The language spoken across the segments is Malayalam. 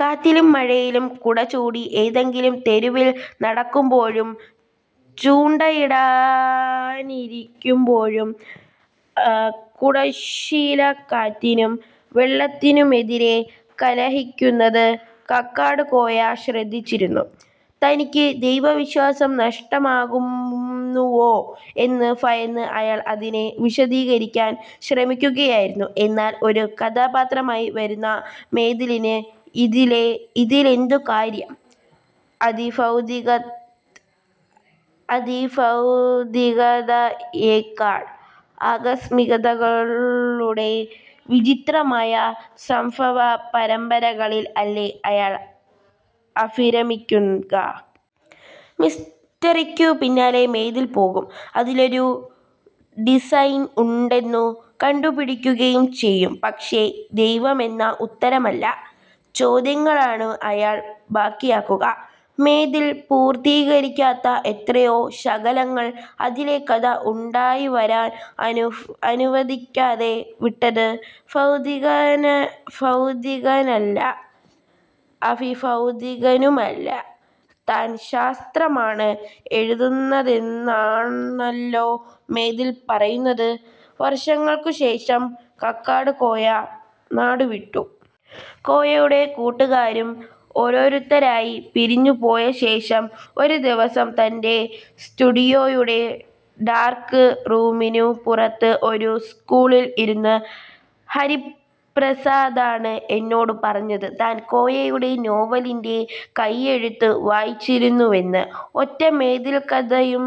കാറ്റിലും മഴയിലും കുട ചൂടി ഏതെങ്കിലും തെരുവിൽ നടക്കുമ്പോഴും ചൂണ്ടയിടാനിരിക്കുമ്പോഴും കുടശ്ശീല കാറ്റിനും വെള്ളത്തിനുമെതിരെ കലഹിക്കുന്നത് കക്കാടുകോയ ശ്രദ്ധിച്ചിരുന്നു. തനിക്ക് ദൈവവിശ്വാസം നഷ്ടമാകുന്നുവോ എന്ന് ഭയന്ന് അയാൾ, അതിനെ വിശദീകരിക്കാൻ ശ്രമിക്കുകയായിരുന്നു. എന്നാൽ ഒരു കഥാപാത്രമായി വരുന്ന മേതിലിന് ഇതിലെന്തുകാര്യം? അതിഭൗതികതയെക്കാൾ, ആകസ്മിതകളുടെ വിചിത്രമായ സംഭവപരമ്പരകളിൽ അല്ലേ അയാൾ അഭിരമിക്കുക? മിസ്റ്ററിക്കു പിന്നാലെ മേതിൽ പോകും, അതിലൊരു ഡിസൈൻ ഉണ്ടെന്നു കണ്ടുപിടിക്കുകയുംചെയ്യും. പക്ഷേ ദൈവമെന്ന ഉത്തരമല്ല, ചോദ്യങ്ങളാണു അയാൾ ബാക്കിയാക്കുക. മേതിൽ പൂർത്തീകരിക്കാത്ത എത്രയോ ശകലങ്ങൾ, അതിലെ കഥ ഉണ്ടായിവരാൻ അനുവദിക്കാതെ വിട്ടത്. ഭൗതികനല്ല, അതിഭൗതികനുമല്ല, താൻ ശാസ്ത്രമാണ് എഴുതുന്നതെന്നാണല്ലോ മേതിൽ പറയുന്നത്. വർഷങ്ങൾക്കുശേഷം കക്കാടുകോയ നാടുവിട്ടു. കോയയുടെ കൂട്ടുകാരും ഓരോരുത്തരായി പിരിഞ്ഞുപോയശേഷം, ഒരുദിവസം തന്റെ സ്റ്റുഡിയോയുടെ ഡാർക്ക് റൂമിനു പുറത്ത് ഒരു സ്റ്റൂളിൽ ഇരുന്ന് ഹരിപ്രസാദാണ് എന്നോടു പറഞ്ഞത് താൻ കോയയുടെ നോവലിന്റെ കയ്യെഴുത്തു വായിച്ചിരുന്നുവെന്ന്. ഒറ്റ മേതിൽക്കഥയും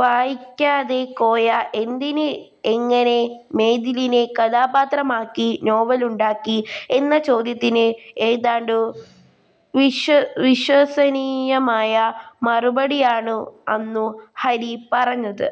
വായിക്കാതെ കോയ എന്തിന്, എങ്ങനെ, മേതിലിനെ കഥാപാത്രമാക്കി നോവലുണ്ടാക്കി എന്ന ചോദ്യത്തിന് ഏതാണ്ടു വിശ്വസനീയമായ മറുപടിയാണു അന്നു ഹരി പറഞ്ഞത്.